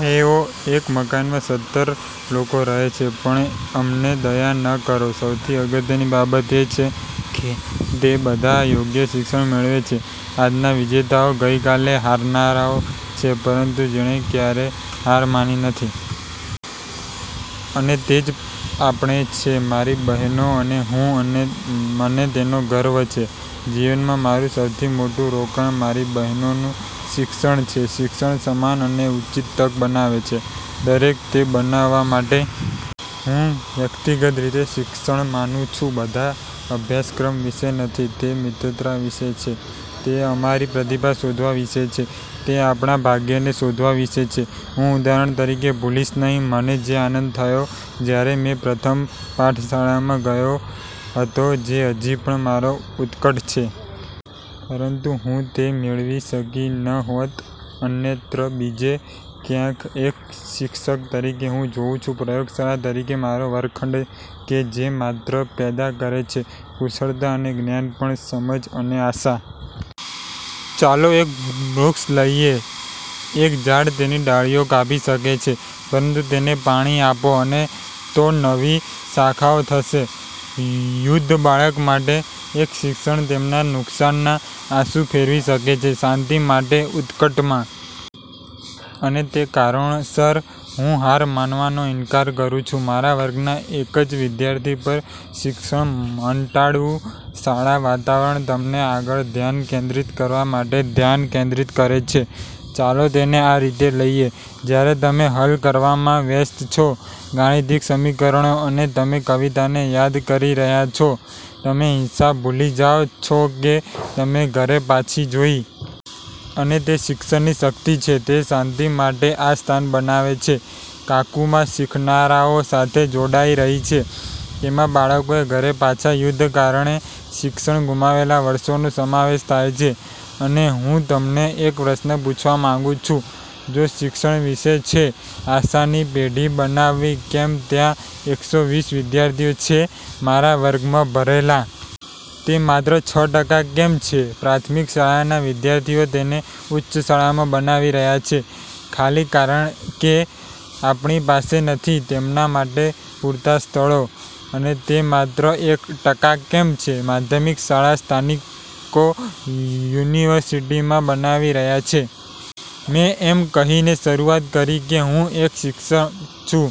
તેઓ એક મકાનમાં સતર લોકો રહે છે. પણ અમને દયા ન કરો. સૌથી અગત્યની બાબત એ છે કે તે બધા યોગ્ય શિક્ષણ મેળવે છે. આજના વિજેતાઓ ગઈકાલે હારનારાઓ છે, પરંતુ જેણે ક્યારેય હાર માની નથી. અને તે જ આપણે છે, મારી બહેનો અને હું. અને મને તેનો ગર્વ છે. જીવનમાં મારું સૌથી મોટું રોકાણ મારી બહેનોનું શિક્ષણ છે. શિક્ષણ સમાન અને ઉચિત તક બનાવે છે દરેકને તે બનાવવા માટે. હું વ્યક્તિગત રીતે શિક્ષણ માનું છું બધા અભ્યાસક્રમ વિશે નથી. તે મિત્રતા વિશે છે. તે અમારી પ્રતિભા શોધવા વિશે છે. તે આપણા ભાગ્યને શોધવા વિશે છે. હું, ઉદાહરણ તરીકે, ભૂલીશ નહીં મને જે આનંદ થયો જ્યારે મેં પ્રથમ પાઠ શાળામાં ગાયો હતો, જે હજી પણ મારો ઉત્કટ છે. પરંતુ હું તે મેળવી શકી ન હોત અન્યત્ર, બીજે ક્યાંક. એક શિક્ષક તરીકે, હું જોઉં છું પ્રયોગશાળા તરીકે મારો વર્ગખંડ કે જે માત્ર પેદા કરે છે કુશળતા અને જ્ઞાન પણ સમજ અને આશા. ચાલો એક વૃક્ષ લઈએ. એક ઝાડ તેની ડાળીઓ કાપી શકે છે, પરંતુ તેને પાણી આપો, અને તો નવી શાખાઓ થશે, યુદ્ધ બાળક માટે, એક શિક્ષણ તેમના નુકસાનના આંસુ ફેરવી શકે છે શાંતિ માટે ઉત્કટ માં. અને તે કારણોસર, હું હાર માનવાનો ઇનકાર કરું છું મારા વર્ગના એક જ વિદ્યાર્થી પર. શિક્ષણ મટાડવું. શાળા વાતાવરણ તમને આગળ ધ્યાન કેન્દ્રિત કરવા માટે ધ્યાન કેન્દ્રિત કરે છે. ચાલો તેને આ રીતે લઈએ: જ્યારે તમે હલ કરવામાં વ્યસ્ત છો ગાણિતિક સમીકરણો, અને તમે કવિતાને યાદ કરી રહ્યા છો, તમે હિંસા ભૂલી જાઓ છો કે તમે ઘરે પાછી જોઈ. અને તે શિક્ષણની શક્તિ છે. તે શાંતિ માટે આ સ્થાન બનાવે છે. કાકુમા શીખનારાઓ સાથે જોડાઈ રહી છે. તેમાં બાળકોએ ઘરે પાછા યુદ્ધ કારણે શિક્ષણ ગુમાવેલા વર્ષોનો સમાવેશ થાય છે. અને હુંતમને એક પ્રશ્ન પૂછવા માંગું છું: જો શિક્ષણ વિશે છે આશાની પેઢી બનાવવી, કેમ ત્યાં એકસો વીસ વિદ્યાર્થીઓ છે મારા વર્ગમાં ભરેલા? તે માત્ર છ ટકા કેમ છે। પ્રાથમિક શાળાના વિદ્યાર્થીઓ તેને ઉચ્ચ શાળામાં બનાવી રહ્યા છે, ખાલી કારણ કે આપણી પાસે નથી તેમના માટે પૂરતા સ્થળો? અને તે માત્ર એક ટકા કેમ છે માધ્યમિક શાળા સ્નાતકો યુનિવર્સિટીમાં બનાવી રહ્યા છે? મેં એમ કહીને શરૂઆત કરી કે હું એક શિક્ષક છું.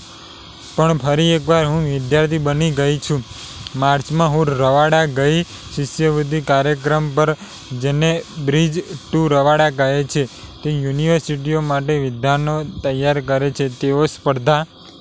પણ ફરી એકવાર, હું વિદ્યાર્થી બની ગઈ છું. માર્ચમાં, હું રવાંડા ગઈ શિષ્યવૃત્તિ કાર્યક્રમ પર જેને "બ્રિજ ટુ રવાંડા" કહે છે. તે યુનિવર્સિટીઓ માટે વિદ્વાનો તૈયાર કરે છે. તેઓ સ્પર્ધા